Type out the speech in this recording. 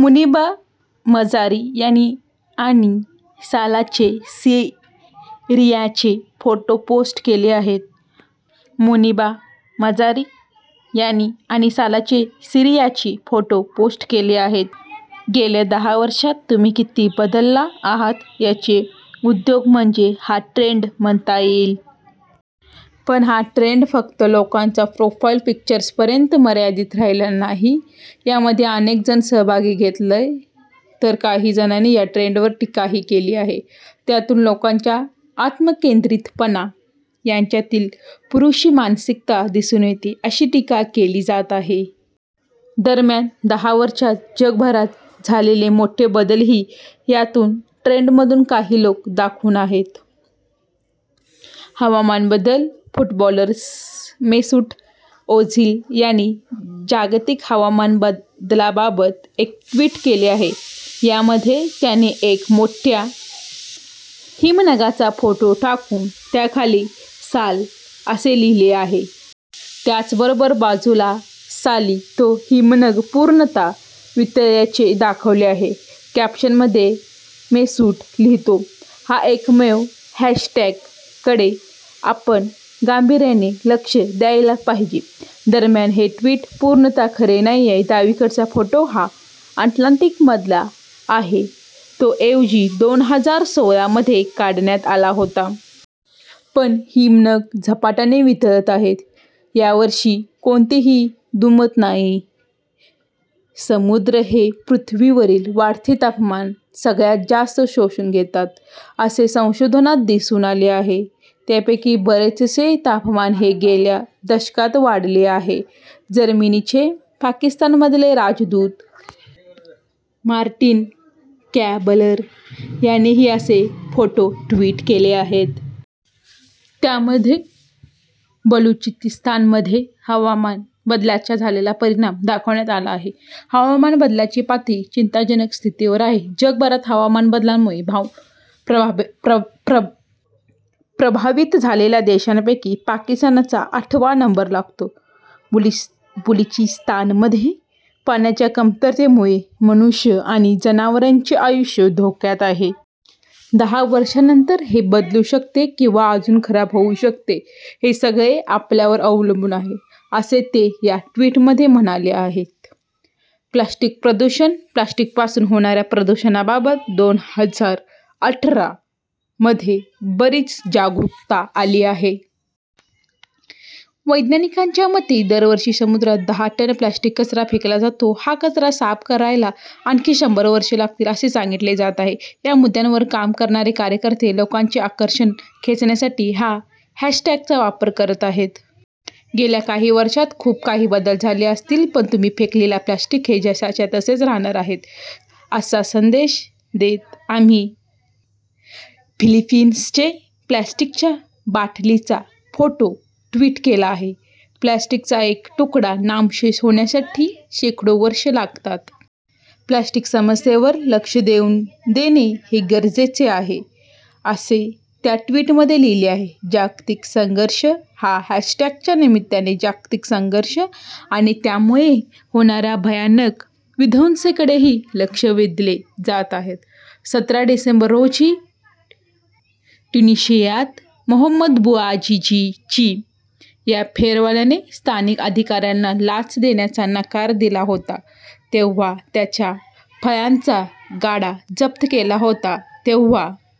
मुनिबा मजारी यांनी आणि सालाचे सीरियाचे फोटो पोस्ट केले आहेत. मुनिबा मजारी यांनी आणि सालाचे सीरियाचे फोटो पोस्ट केले आहेत. गेल्या दहा वर्षांत तुम्ही किती बदलला आहात, याचे द्योतक म्हणजे हा ट्रेंड म्हणता येईल. पण हा ट्रेंड फक्त लोकांच्या प्रोफाईल पिक्चर्सपर्यंत मर्यादित राहिलेला नाही. यामध्ये अनेक जणांनी सहभाग घेतलाय तर काही जणांनी या ट्रेंडवर टीकाही केली आहे. यातून लोकांचा आत्मकेंद्रितपणा, त्यांच्यातील पुरुषी मानसिकता दिसून येते, अशी टीका केली जात आहे. दरम्यान, दहा वर्षांत जगभरात झालेले मोठे बदलही यातून ट्रेंडमधून काही लोक दाखवत आहेत. हवामान बदल - फुटबॉलर मेसूट ओझिल याने जागतिक हवामान बदलाबाबत एक ट्वीट केले आहे. यामध्ये त्याने एक मोठ्या हिमनगाचा फोटो टाकून त्याखाली साल, असे लिहिले आहे. त्यासोबतच बाजूला साली तो हिमनग पूर्णतः वितळल्याचे दाखवले आहे. कॅप्शनमध्ये मेसूट लिहितो, 'या एकमेव हॅशटॅग कडे आपण गांभीर्याने लक्ष द्यायला पाहिजे.' दरम्यान हे ट्वीट पूर्णतः खरे नाहीये. डावीकडचा फोटो हा अंटार्क्टिकामधला आहे. तो ऐवजी दोन हजार सोळा मध्ये काढण्यात आला होता. पण, हिमनग झपाट्याने वितळत आहेत, याविषयी कोणतेही दुमत नाहीये. समुद्र हे पृथ्वीवरील वाढते तापमान सगळ्यात जास्त शोषून घेतात, असे संशोधनात दिसून आले आहे. त्यापैकी बरेचसे तापमान हे गेल्या दशकातच वाढले आहे. जर्मनीचे पाकिस्तानमधले राजदूत मार्टिन कॉबलर यांनीही असे फोटो ट्वीट केले आहेत. त्यामध्ये बलुचिस्तानमध्ये हवामान बदलाचा झालेला परिणाम दाखवण्यात आला आहे. 'हवामान बदलाची पातळी चिंताजनक स्थितीवर आहे. जगभरात हवामान बदलामुळे प्रभावित झालेल्या देशांपैकी पाकिस्तानचा आठवा नंबर लागतो. बलुचिस्तानमध्ये पाण्याच्या कमतरतेमुळे मनुष्य आणि जनावरांचे आयुष्य धोक्यात आहे. दहा वर्षांनंतर हे बदलू शकते किंवा अजून खराब होऊ शकते. हे सगळे आपल्यावर अवलंबून आहे,' असे ते या ट्वीटमध्ये म्हणाले आहेत. प्लास्टिक प्रदूषण - प्लास्टिकपासून होणाऱ्या प्रदूषणाबाबत दोन हजार अठरा मध्ये बरीच जागरूकता आली आहे. वैज्ञानिकांच्या मते दरवर्षी समुद्रात दहा टन प्लास्टिक कचरा फेकला जातो. हा कचरा साफ करायला आणखी शंभर वर्षे लागतील, असे सांगितले जात आहे. या मुद्द्यांवर काम करणारे कार्यकर्ते लोकांचे आकर्षण खेचण्यासाठी या हॅशटॅगचा वापर करत आहेत. गेल्या काही वर्षांत खूप काही बदल झाले असतील पण तुम्ही फेकलेले प्लास्टिक हे जसंच्या तसे राहणार आहे, असा संदेश देत आहेत. फिलिपिन्सने प्लास्टिकच्या बाटलीचा फोटो ट्वीट केला आहे. 'प्लास्टिकचा एक तुकडा नामशेष होण्यासाठी शेकडो वर्षे लागतात. प्लास्टिक समस्येवर लक्ष देणे गरजेचे आहे,' असे त्या ट्वीटमध्ये लिहिले आहे. जागतिक संघर्ष - या हॅशटॅगच्या निमित्ताने जागतिक संघर्ष आणि त्यामुळे होणाऱ्या भयानक विध्वंसाकडेही लक्ष वेधले जात आहे. सतरा डिसेंबर रोजी ट्युनिशियात मोहम्मद बुआजिजी या फेरीवाल्याने स्थानिक अधिकाऱ्याला लाच द्यायला नकार दिला होता. तेव्हा त्याचा फळांचा गाडा जप्त केला होता. तेव्हा